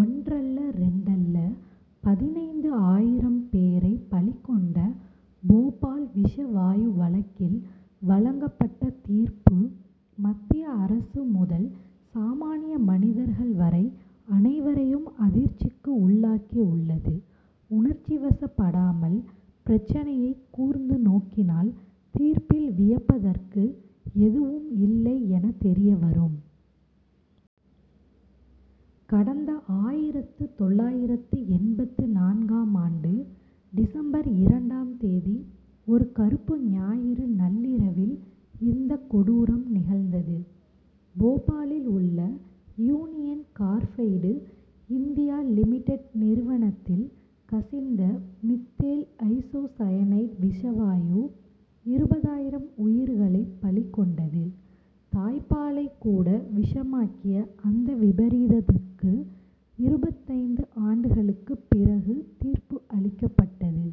ஒன்றல்லரெண்டல்ல பதினைந்து ஆயிரம் பேரை பலி கொண்ட போபால் விஷ வாயு வழக்கில் வழங்கப்பட்ட தீர்ப்பு, மத்திய அரசு முதல், சாமானிய மனிதர்கள் வரை அனைவரையும் அதிர்ச்சிக்கு உள்ளாக்கி உள்ளது. உணர்ச்சிவசப் படாமல், பிரச்னையை கூர்ந்து நோக்கினால், தீர்ப்பில் வியப்பதற்கு எதுவும் இல்லை என தெரியவரும். கடந்த ஆயிரத்து தொள்ளாயிரத்து எண்பத்து நான்காம் ஆண்டு டிசம்பர் இரண்டாம் தேதி ஒரு கறுப்பு ஞாயிறு நள்ளிரவில் இந்தக் கொடூரம் நிகழ்ந்தது. போபாலில் உள்ள யூனியன் கார்ஃபைடு இந்தியா லிமிடெட் நிறுவனத்தில் கசிந்த மித்தேல் ஐசோசயனைடு விஷவாயு, இருபதாயிரம் உயிர்களை பலி கொண்டது. தாய்ப்பாலைக் கூட விஷமாக்கிய அந்த விபரீதத்துக்கு, இருபத்தைந்து ஆண்டுகளுக்குப் பிறகு தீர்ப்பு அளிக்கப்பட்டது.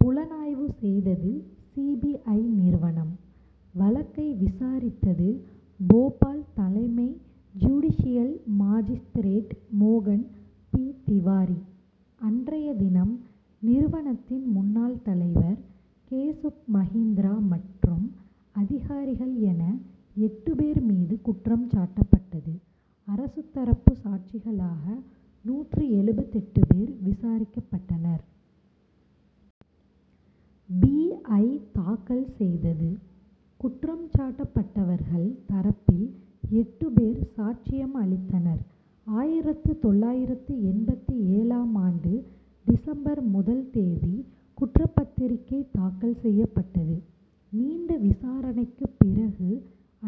புலனாய்வு செய்தது சி. பி. ஐ., நிறுவனம். வழக்கை விசாரித்தது, போபால் தலைமை ஜுடிஷியல் மாஜிஸ்திரேட் மோகன் பி. திவாரி. அன்றைய தினம், நிறுவனத்தின் முன்னாள் தலைவர் கேசுப் மகிந்திரா மற்றும் அதிகாரிகள் என, எட்டு பேர் மீது குற்றம் சாட்டப்பட்டது. அரசுத்தரப்பு சாட்சிகளாக நூற்று எழுபத்தெட்டு பேர் விசாரிக்கப்பட்டனர். பி. ஐ., தாக்கல் செய்தது. குற்றம் சாட்டப்பட்டவர்கள் தரப்பில் எட்டு பேர் சாட்சியம் அளித்தனர். ஆயிரத்து தொள்ளாயிரத்து எண்பத்து ஏழாம் ஆண்டு டிசம்பர் முதல் தேதி குற்றப்பத்திரிகை தாக்கல் செய்யப்பட்டது. நீண்ட விசாரணைக்குப் பிறகு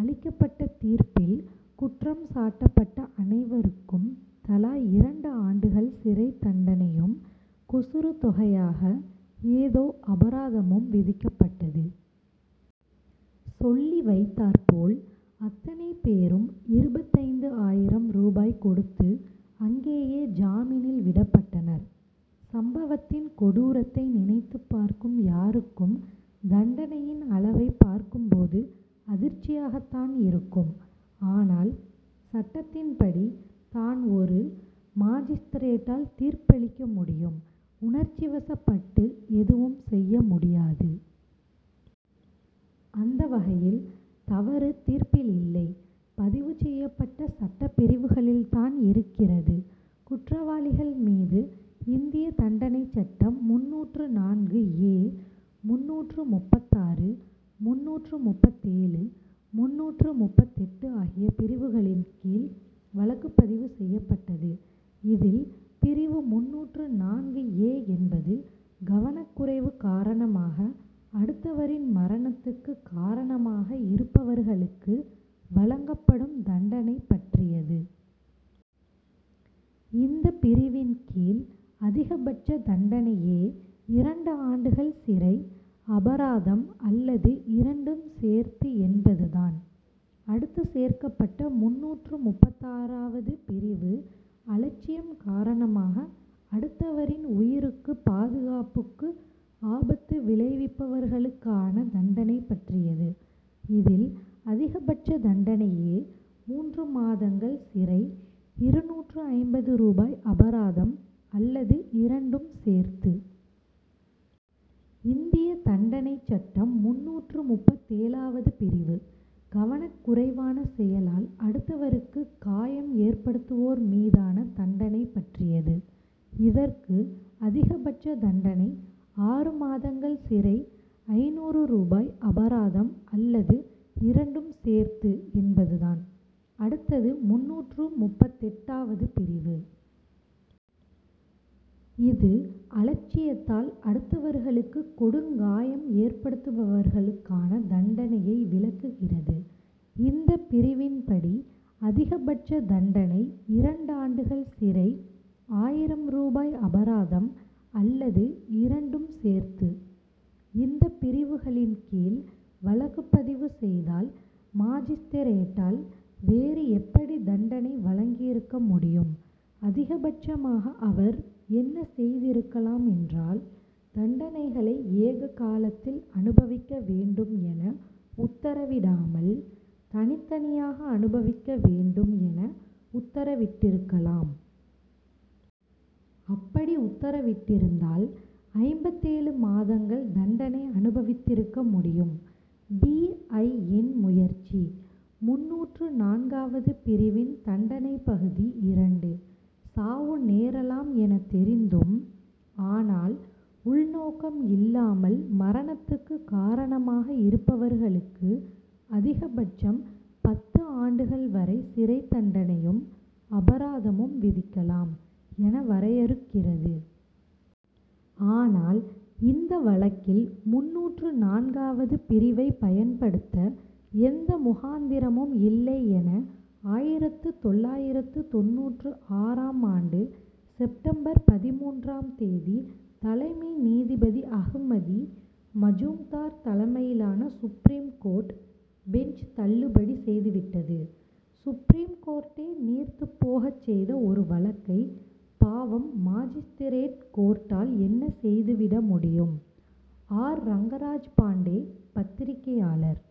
அளிக்கப்பட்ட தீர்ப்பில், குற்றம் சாட்டப்பட்ட அனைவருக்கும் தலா இரண்டு ஆண்டுகள் சிறைத் தண்டனையும், கொசுறு தொகையாக ஏதோ அபராதமும் விதிக்கப்பட்டது. சொல்லி வைத்தாற்போல் அத்தனை பேரும் இருபத்தைந்து ஆயிரம் ரூபாய் கொடுத்து, அங்கேயே ஜாமீனில் விடப்பட்டனர். சம்பவத்தின் கொடூரத்தை நினைத்துப் பார்க்கும் யாருக்கும், தண்டனையின் அளவைப் பார்க்கும்போது அதிர்ச்சியாகத் தான் இருக்கும். ஆனால், சட்டத்தின்படி தான் ஒரு மாஜிஸ்திரேட்டால் தீர்ப்பளிக்க முடியும். உணர்ச்சிவசப்பட்டு எதுவும் செய்ய முடியாது. அந்த வகையில், தவறு தீர்ப்பில் இல்லை; பதிவு செய்யப்பட்ட சட்டப் பிரிவுகளில் தான் இருக்கிறது. குற்றவாளிகள் மீது இந்திய தண்டனைச் சட்டம் முந்நூற்று நான்கு ஏ, முந்நூற்று முப்பத்தாறு, முந்நூற்று முப்பத்தேழு, முந்நூற்று முப்பத்தெட்டு ஆகிய பிரிவுகளின் கீழ் வழக்குப் பதிவு செய்யப்பட்டது. இதில், பிரிவு முந்நூற்று நான்கு ஏ என்பது, கவனக் குறைவு காரணமாக, அடுத்தவரின் மரணத்துக்கு காரணமாக இருப்பவர்களுக்கு வழங்கப்படும் தண்டனை பற்றியது. இந்தப் பிரிவின் கீழ் அதிகபட்ச தண்டனையே இரண்டு ஆண்டுகள் சிறை, அபராதம் அல்லது இரண்டும் சேர்த்து என்பது தான். அடுத்து சேர்க்கப்பட்ட முந்நூற்று முப்பத்தாறு வது பிரிவு, அலட்சியம் காரணமாக அடுத்தவரின் உயிருக்கு, பாதுகாப்புக்கு ஆபத்து விளைவிப்பவர்களுக்கான தண்டனை பற்றியது. இதில் அதிகபட்ச தண்டனையே மூன்று மாதங்கள் சிறை, இருநூற்று ஐம்பது ரூபாய் அபராதம் அல்லது இரண்டும் சேர்த்து. இந்திய தண்டனைச் சட்டம் முந்நூற்று முப்பத்தேழாவது பிரிவு, கவனக் குறைவான செயலால் அடுத்தவருக்கு காயம் ஏற்படுத்துவோர் மீதான தண்டனை பற்றியது. இதற்கு அதிகபட்ச தண்டனை ஆறு மாதங்கள் சிறை, ஐந்நூறு ரூபாய் அபராதம் அல்லது இரண்டும் சேர்த்து என்பது தான். அடுத்தது முந்நூற்று முப்பத்தெட்டு வது பிரிவு. இது, அலட்சியத்தால் அடுத்தவர்களுக்கு கொடுங்காயம் ஏற்படுத்துபவர்களுக்கான தண்டனையை விளக்குகிறது. இந்தப் பிரிவின்படி அதிகபட்ச தண்டனை இரண்டாண்டுகள் சிறை, ஆயிரம் ரூபாய் அபராதம் அல்லது இரண்டும் சேர்த்து. இந்தப் பிரிவுகளின் கீழ் வழக்கு பதிவு செய்தால், மாஜிஸ்திரேட்டால் வேறு எப்படி தண்டனை வழங்கியிருக்க முடியும்? அதிகபட்சமாக அவர் என்ன செய்திருக்கலாம் என்றால், தண்டனைகளை ஏக காலத்தில் அனுபவிக்க வேண்டும் என உத்தரவிடாமல், தனித்தனியாக அனுபவிக்க வேண்டும் என உத்தரவிட்டிருக்கலாம். அப்படி உத்தரவிட்டிருந்தால் ஐம்பத்தேழு மாதங்கள் தண்டனை அனுபவித்திருக்க முடியும். பி. ஐ.,யின் முயற்சி. முந்நூற்று நான்காவது பிரிவின் தண்டனை பகுதி இரண்டு, சாவு நேரலாம் எனத் தெரிந்தும், ஆனால், உள்நோக்கம் இல்லாமல் மரணத்துக்கு காரணமாக இருப்பவர்களுக்கு அதிகபட்சம் பத்து ஆண்டுகள் வரை சிறைத் தண்டனையும் அபராதமும் விதிக்கலாம் என வரையறுக்கிறது. ஆனால், இந்த வழக்கில் முந்நூற்று நான்காவது பிரிவைப் பயன்படுத்த எந்த முகாந்திரமும் இல்லை என, ஆயிரத்து தொள்ளாயிரத்து தொண்ணூற்று ஆறாம் ஆண்டு செப்டம்பர் பதிமூன்றாம் தேதி, தலைமை நீதிபதி அஹ்மதி, மஜும்தார் தலைமையிலான சுப்ரீம் கோர்ட் பெஞ்ச் தள்ளுபடி செய்து விட்டது. சுப்ரீம் கோர்ட்டே நீர்த்துப்போகச் செய்த ஒரு வழக்கை, பாவம், மாஜிஸ்திரேட் கோர்ட்டால் என்ன செய்துவிட முடியும்? ஆர். ரங்கராஜ் பாண்டே, பத்திரிக்கையாளர்.